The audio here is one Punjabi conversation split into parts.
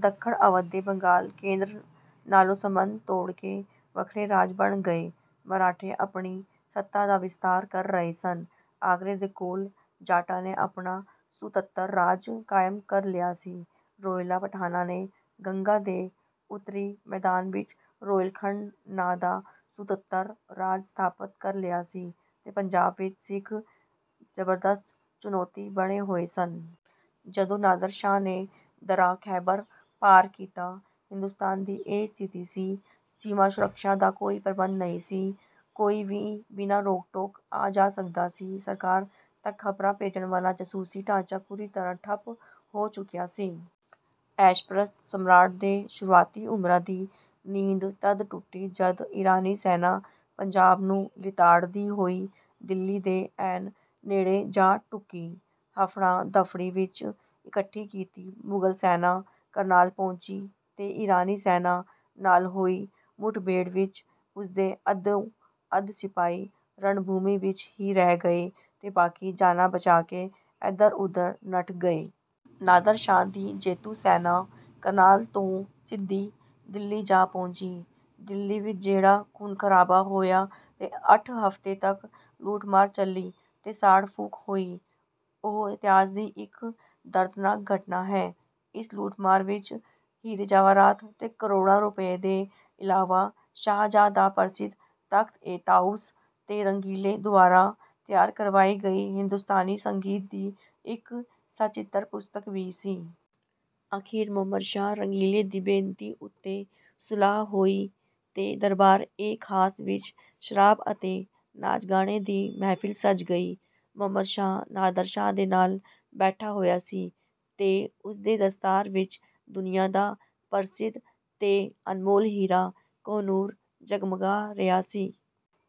ਦੱਖਣ, ਅਵਧ ਤੇ ਬੰਗਾਲ, ਕੇਂਦਰ ਨਾਲੋਂ ਸੰਬੰਧ ਤੋੜ ਕੇ ਵੱਖਰੇ-ਰਾਜ ਬਣ ਗਏ। ਮਰਾਠੇ ਆਪਣੀ ਸੱਤਾ ਦਾ ਵਿਸਥਾਰ ਕਰ ਰਹੇ ਸਨ, ਆਗਰੇ ਦੇ ਕੋਲ ਜਾਟਾਂ ਨੇ ਆਪਣਾ ਸੁਤੰਤਰ-ਰਾਜ ਕਾਇਮ ਕਰ ਲਿਆ ਸੀ। ਰੋਹਿਲਾ ਪਠਾਨਾਂ ਨੇ ਗੰਗਾ ਦੇ ਉੱਤਰੀ ਮੈਦਾਨ ਵਿੱਚ ਰੋਹਿਲਖੰਡ ਨਾਂ ਦਾ ਸੁਤੰਤਰ-ਰਾਜ ਸਥਾਪਤ ਕਰ ਲਿਆ ਸੀ ਤੇ ਪੰਜਾਬ ਵਿੱਚ ਸਿੱਖ ਜ਼ਬਰਦਸਤ ਚੁਣੌਤੀ ਬਣੇ ਹੋਏ ਸਨ। ਜਦੋਂ ਨਾਦਰ ਸ਼ਾਹ ਨੇ ਦੱ ਖੈਬਰ ਦਰਿਆ ਪਾਰ ਕੀ ਤਾ, ਹਿੰਦੁਸਤਾਨ ਦੀ ਇਹ ਸਥਿਤੀ ਸੀ। ਸੀਮਾ-ਸੁਰੱਖਿਆ ਦਾ ਕੋਈ ਪ੍ਰਬੰਧ ਨਹੀਂ ਸੀ। ਕੋਈ ਵੀ ਬਿਨਾਂ ਰੋਕ-ਟੋਕ ਆ-ਜਾ ਸਕਦਾ ਸੀ। ਸਰਕਾਰ ਤੱਕ ਖਬਰਾਂ ਭੇਜਣ ਵਾਲਾ ਜਾਸੂਸੀ ਢਾਂਚਾ ਪੂਰੀ ਤਰ੍ਹਾਂ ਠੱਪ ਹੋ ਚੁੱਕਿਆ ਸੀ। ਐਸ਼-ਪ੍ਰਸਤ ਸਮਰਾਟ ਤੇ ਸੁਆਰਥੀ ਉਮਰਾ ਦੀ ਨੀਂਦ ਤਦ ਟੁੱਟੀ ਜਦ ਈਰਾਨੀ ਸੈਨਾ ਪੰਜਾਬ ਨੂੰ ਲਿਤਾੜਦੀ ਹੋਈ ਦਿੱਲੀ ਦੇ ਐਨ ਨੇੜੇ ਜਾ ਢੁੱਕੀ। ਹਫੜਾ-ਦਫੜੀ ਵਿੱਚ ਇਕੱਠੀ ਕੀਤੀ ਮੁਗਲ ਸੈਨਾ ਕਰਨਾਲ ਪਹੁੰਚੀ ਤੇ ਈਰਾਨੀ ਸੈਨਾ ਨਾਲ ਹੋਈ ਮੁੱਠ-ਭੇੜ ਵਿੱਚ ਉਸਦੇ ਅੱਧੋਂ ਵੱਧ ਸਿਪਾਹੀ ਰਣਭੂਮੀ ਵਿੱਚ ਹੀ ਰਹਿ ਗਏ ਤੇ ਬਾਕੀ ਜਾਨਾਂ ਬਚਾ ਕੇ ਏਧਰ-ਉਧਰ ਨੱਠ ਗਏ। ਨਾਦਰ ਸ਼ਾਹ ਦੀ ਜੇਤੂ ਸੈਨਾ ਕਰਨਾਲ ਤੋਂ ਸਿੱਧੀ ਦਿੱਲੀ ਜਾ ਪਹੁੰਚੀ। ਦਿੱਲੀ ਵਿੱਚ ਜਿਹੜਾ ਖੂਨ-ਖਰਾਬਾ ਹੋਇਆ ਤੇ ਅੱਠ ਹਫ਼ਤੇ ਤੱਕ ਲੁੱਟ-ਮਾਰ ਚੱਲੀ ਤੇ ਸਾੜ-ਫੂਕ ਹੋਈ, ਉਹ ਇਤਿਹਾਸ ਦੀ ਇੱਕ ਦਰਦਨਾਕ ਘਟਨਾ ਹੈ। ਇਸ ਲੁੱਟ-ਮਾਰ ਵਿੱਚ ਹੀਰੇ-ਜਵਾਹਰ ਤੇ ਕਰੋੜਾਂ ਰੁਪਏ ਦੇ ਇਲਾਵਾ ਸ਼ਾਹਜਹਾਂ ਦਾ ਪ੍ਰਸਿੱਧ ਤਖ਼ਤ-ਏ-ਤਾਊਸ ਤੇ ਰੰਗੀਲੇ ਦੁਆਰਾ ਤਿਆਰ ਕਰਵਾਈ ਗਈ ਹਿੰਦੁਸਤਾਨੀ ਸੰਗੀਤ ਦੀ ਇੱਕ ਸਚਿੱਤਰ ਪੁਸਤਕ ਵੀ ਸੀ। ਅਖੀਰ ਮੁਹੰਮਦ ਸ਼ਾਹ ਰੰਗੀਲੇ ਦੀ ਬੇਨਤੀ ਉੱਤੇ ਸੁਲ੍ਹਾ ਹੋਈ ਤੇ ਦਰਬਾਰ-ਏ-ਖਾਸ ਵਿੱਚ ਸ਼ਰਾਬ ਅਤੇ ਨਾਚ-ਗਾਣੇ ਦੀ ਮਹਿਫਲ ਸਜ ਗਈ। ਮੁਹੰਮਦ ਸ਼ਾਹ, ਨਾਦਰ ਸ਼ਾਹ ਦੇ ਨਾਲ ਬੈਠਾ ਹੋਇਆ ਸੀ ਤੇ ਉਸ ਦੀ ਦਸਤਾਰ ਵਿੱਚ ਦੁਨੀਆਂ ਦਾ ਪ੍ਰਸਿੱਧ ਤੇ ਅਣਮੋਲ ਹੀਰਾ 'ਕੋਹ-ਏ-ਨੂਰ' ਜਗਮਗਾ ਰਿਹਾ ਸੀ।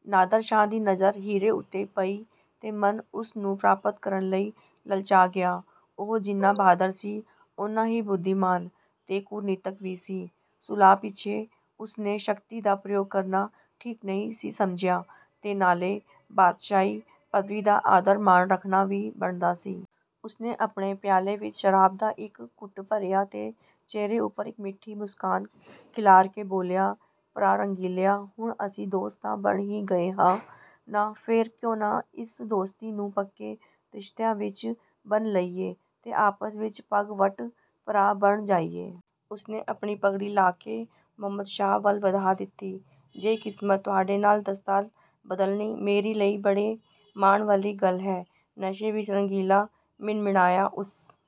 ਨਾਦਰ ਸ਼ਾਹ ਦੀ ਨਜ਼ਰ ਹੀਰੇ ਉੱਤੇ ਪਈ ਤੇ ਮਨ ਉਸ ਨੂੰ ਪ੍ਰਾਪਤ ਕਰਨ ਲਈ ਲਲਚਾ ਗਿਆ। ਉਹ ਜਿੰਨਾ ਬਹਾਦਰ ਸੀ, ਉਨ੍ਹਾਂ ਹੀ ਬੁੱਧੀਮਾਨ ਤੇ ਕੂਟਨੀਤਕ ਵੀ ਸੀ। ਸੁਲ੍ਹਾ ਪਿੱਛੋਂ ਉਸਨੇ ਸ਼ਕਤੀ ਦਾ ਪ੍ਰਯੋਗ ਕਰਨਾ ਠੀਕ ਨਹੀਂ ਸੀ ਸਮਝਿਆ ਤੇ ਨਾਲੇ ਬਾਦਸ਼ਾਹੀ-ਪਦਵੀ ਦਾ ਆਦਰ-ਮਾਣ ਰੱਖਣਾ ਵੀ ਬਣਦਾ ਸੀ। ਉਸਨੇ ਆਪਣੇ ਪਿਆਲੇ ਵਿੱਚੋਂ ਸ਼ਰਾਬ ਦਾ ਇੱਕ ਘੁੱਟ ਭਰਿਆ ਤੇ ਚਿਹਰੇ ਉੱਪਰ ਇੱਕ ਮਿੱਠੀ ਮੁਸਕਾਨ ਖਿਲਾਰ ਕੇ ਬੋਲਿਆ, "ਭਰਾ ਰੰਗੀਲਿਆ, ਹੁਣ ਅਸੀਂ ਦੋਸਤ ਤਾਂ ਬਣ ਹੀ ਗਏ ਹਾਂ ਨਾ? ਫੇਰ ਕਿਉਂ ਨਾ ਇਸ ਦੋਸਤੀ ਨੂੰ ਪੱਕੇ ਰਿਸ਼ਤਿਆਂ ਵਿੱਚ ਬੰਨ੍ਹ ਲਈਏ ਤੇ ਆਪਸ ਵਿੱਚ ਪੱਗ-ਵੱਟ ਭਰਾ ਬਣ ਜਾਈਏ?" ਉਸਨੇ ਆਪਣੀ ਪਗੜੀ ਲਾਹ ਕੇ ਮੁਹੰਮਦ ਸ਼ਾਹ ਵੱਲ ਵਧਾ ਦਿੱਤੀ। "ਜਹੇ ਕਿਸਮਤ! ਤੁਹਾਡੇ ਨਾਲ ਦਸਤਾਰ ਬਦਲਣੀ ਮੇਰੇ ਲਈ ਬੜੇ ਮਾਣ ਵਾਲੀ ਗੱਲ ਹੈ।" ਨਸ਼ੇ ਵਿੱਚ ਰੰਗੀਲਾ ਮਿਨਮਿਣਾਇਆ। ਉਸ